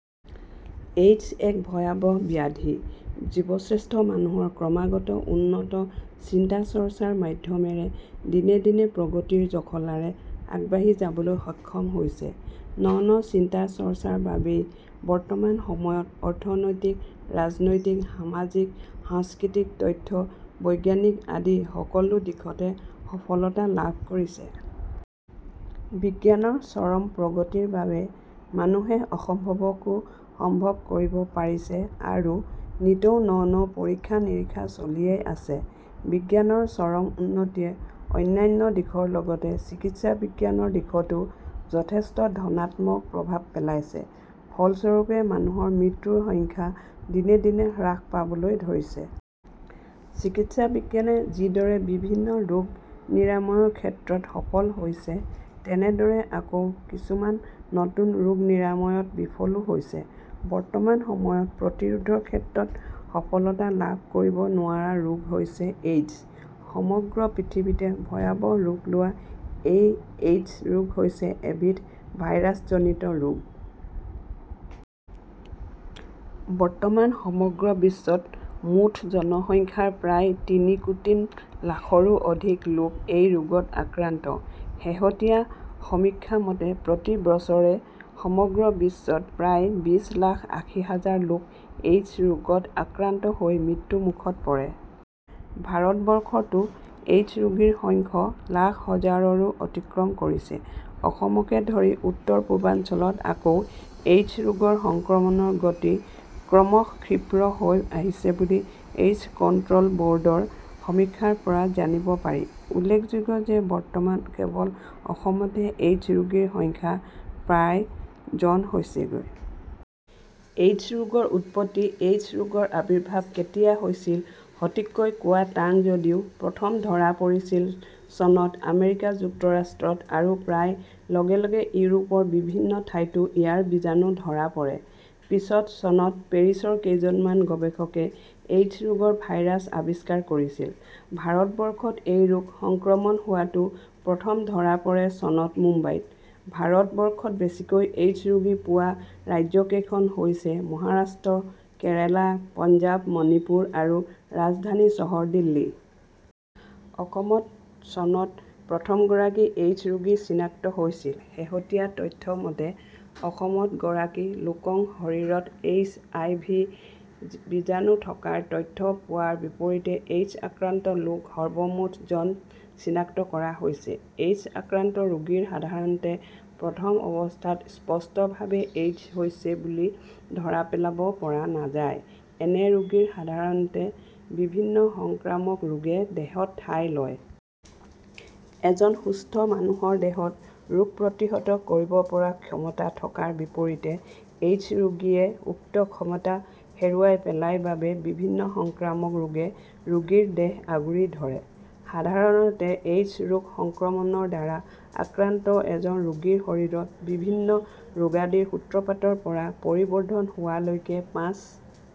AIDS এক ভয়াৱহ ব্যাধি: জীৱশ্ৰেষ্ঠ মানুহৰ ক্ৰমাগত উন্নত চিন্তাচৰ্চাৰ মাধ্যমেৰে দিনে দিনে প্ৰগতিৰ জখলাৰে আগবাঢ়ি যাবলৈ সক্ষম হৈছে। ন ন চিন্তাচৰ্চাৰ বাবেই বৰ্তমান সময়ত অৰ্থনৈতিক, ৰাজনৈতিক, সামাজিক, সাংস্কৃতিক তথ্য বৈজ্ঞানিক আদি সকলো দিশতে সফলতা লাভ কৰিছে। বিজ্ঞানৰ চৰম প্ৰগতিৰ বাৱে মানুহে অসম্ভৱকো সম্ভৱ কৰিব পাৰিছে আৰু নিতৌ ন ন পৰীক্ষা-নিৰীক্ষা চলিয়েই আছে। বিজ্ঞানৰ চৰম উন্নতিয়ে অন্যান্য দিশৰ লগতে চিকিৎসা বিজ্ঞানৰ দিশতো যথেষ্ট ধনাত্মক প্ৰভাৱ পেলাইছে, ফল স্বৰূপে মানুহৰ মৃত্যুৰ সংখ্যা দিনে দিনে হ্ৰাস পাবলৈ ধৰিছে। চিকিৎসা বিজ্ঞানে যিদৰে বিভিন্ন ৰোগ নিৰাময়ৰ ক্ষেত্ৰত সফল হৈছে, তেনেদৰে আকৌ কিছুমান নতুন ৰোগ নিৰাময়ত বিফলো হৈছে। বৰ্তমান সময়ত প্ৰতিৰোধৰ ক্ষেত্ৰত সফলতা লাভ কৰিব নোৱাৰা ৰোগ হৈছে- এইড্ছ। সমগ্ৰ পৃথিৱীতে ভয়াৱহ ৰূপ লোৱা এই এইড্ছ ৰোগ হৈছে এবিধ ভাইৰাছজনিত ৰোগ। বৰ্তমান সমগ্ৰ বিশ্বত মুঠ জনসংখ্যাৰ প্ৰায় তিনি কোটি লাখৰো অধিক লোক এই ৰোগত আক্ৰান্ত ৷ শেহতীয়া সমীক্ষা মতে, প্ৰতি বছৰে সমগ্ৰ বিশ্বত প্ৰায় বিশ লাখ আশী হাজাৰ লোক এইড্ছ ৰোগত আক্ৰান্ত হৈ মৃত্যুমুখত পৰে। ভাৰত বৰ্ষতো এইড্ছ ৰোগীৰ সংখ্য লাখ হাজাৰৰো অতিক্ৰম কৰিছে। অসমকে ধৰি উত্তৰ-পূৰ্বাঞ্চলত আকৌ এইড্ছ ৰোগৰ সংক্ৰমণৰ গতি ক্ৰমশঃ ক্ষীপ্ৰ হৈ আহিছে বুলি এইড্ছ কণ্ট্ৰ'ল ব'ৰ্ডৰ সমীক্ষাৰ পৰা জানিব পাৰি। উল্লেখযোগ্য যে বৰ্তমান কেৱল অসমতে এইড্ছ ৰোগীৰ সংখ্যা প্ৰায় জন হৈছেগৈ। এইড্ছ ৰোগৰ উৎপত্তি এইড্ছ ৰোগৰ আৱিৰ্ভাৱ কেতিয়া হৈছিল সঠিককৈ কোৱা টান যদিও প্ৰথম ধৰা পৰিছিল চনত আমেৰিকা যুক্তৰাষ্ট্ৰত আৰু প্ৰায় লগে লগে ইউৰোপৰ বিভিন্ন ঠাইতো ইয়াৰ বীজাণু ধৰা পৰে। পিছত চনত পেৰিছৰ কেইজনমান গৱেষকে এইড্ছ ৰোগৰ ভাইৰাছ আৱিষ্কাৰ কৰিছিল ৷ ভাৰত বৰ্ষত এই ৰোগ সংক্ৰমণ হোৱাটো প্ৰথম ধৰা পৰে চনত মুম্বাইত ৷ ভাৰত বৰ্ষত বেছিকৈ এইড্ছ ৰোগী পোৱা ৰাজ্যকেইখন হৈছে- মহাৰাষ্ট্ৰ, কেৰালা, পাঞ্জাৱ, মণিপুৰ আৰু ৰাজধানী চহৰ দিল্লী। অসমত চনত প্ৰথমগৰাকী এইড্ছ ৰোগী চিনাক্ত হৈছিল। শেহতীয়া তথ্য মতে, অসমত গৰাকী লোকং শৰীৰত এইছ আইভি বীজাণু থকাৰ তথ্য পোৱাৰ বিপৰীতে এইড্ছ আক্ৰান্ত লোক সৰ্বমুঠ জন চিনাক্ত কৰা হৈছে। এইড্ছ আক্ৰান্ত ৰোগীৰ সাধাৰণতে প্ৰথম অৱস্থাত স্পষ্টভাৱে এইড্ছ হৈছে বুলি ধৰা পেলাব পৰা নাযায়৷ এনে ৰোগীৰ সাধাৰণতে বিভিন্ন সংক্ৰামক ৰোগে দেহত ঠাই লয়। এজন সুস্থ মানুহৰ দেহত ৰোগ প্ৰতিহত কৰিব পৰা ক্ষমতা থকাৰ বিপৰীতে এইড্ছ ৰোগীয়ে উক্ত ক্ষমতা হেৰুৱাই পেলায় বাবে বিভিন্ন সংক্ৰামক ৰোগে ৰোগীৰ দেহ আগুৰি ধৰে ৷ সাধাৰণতে এইড্ছ ৰোগ সংক্ৰমণৰ দ্বাৰা আক্ৰান্ত এজন ৰোগীৰ শৰীৰত বিভিন্ন ৰোগাদিৰ সূত্ৰপাতৰ পৰা পৰিবৰ্ধন হোৱালৈকে পাঁচ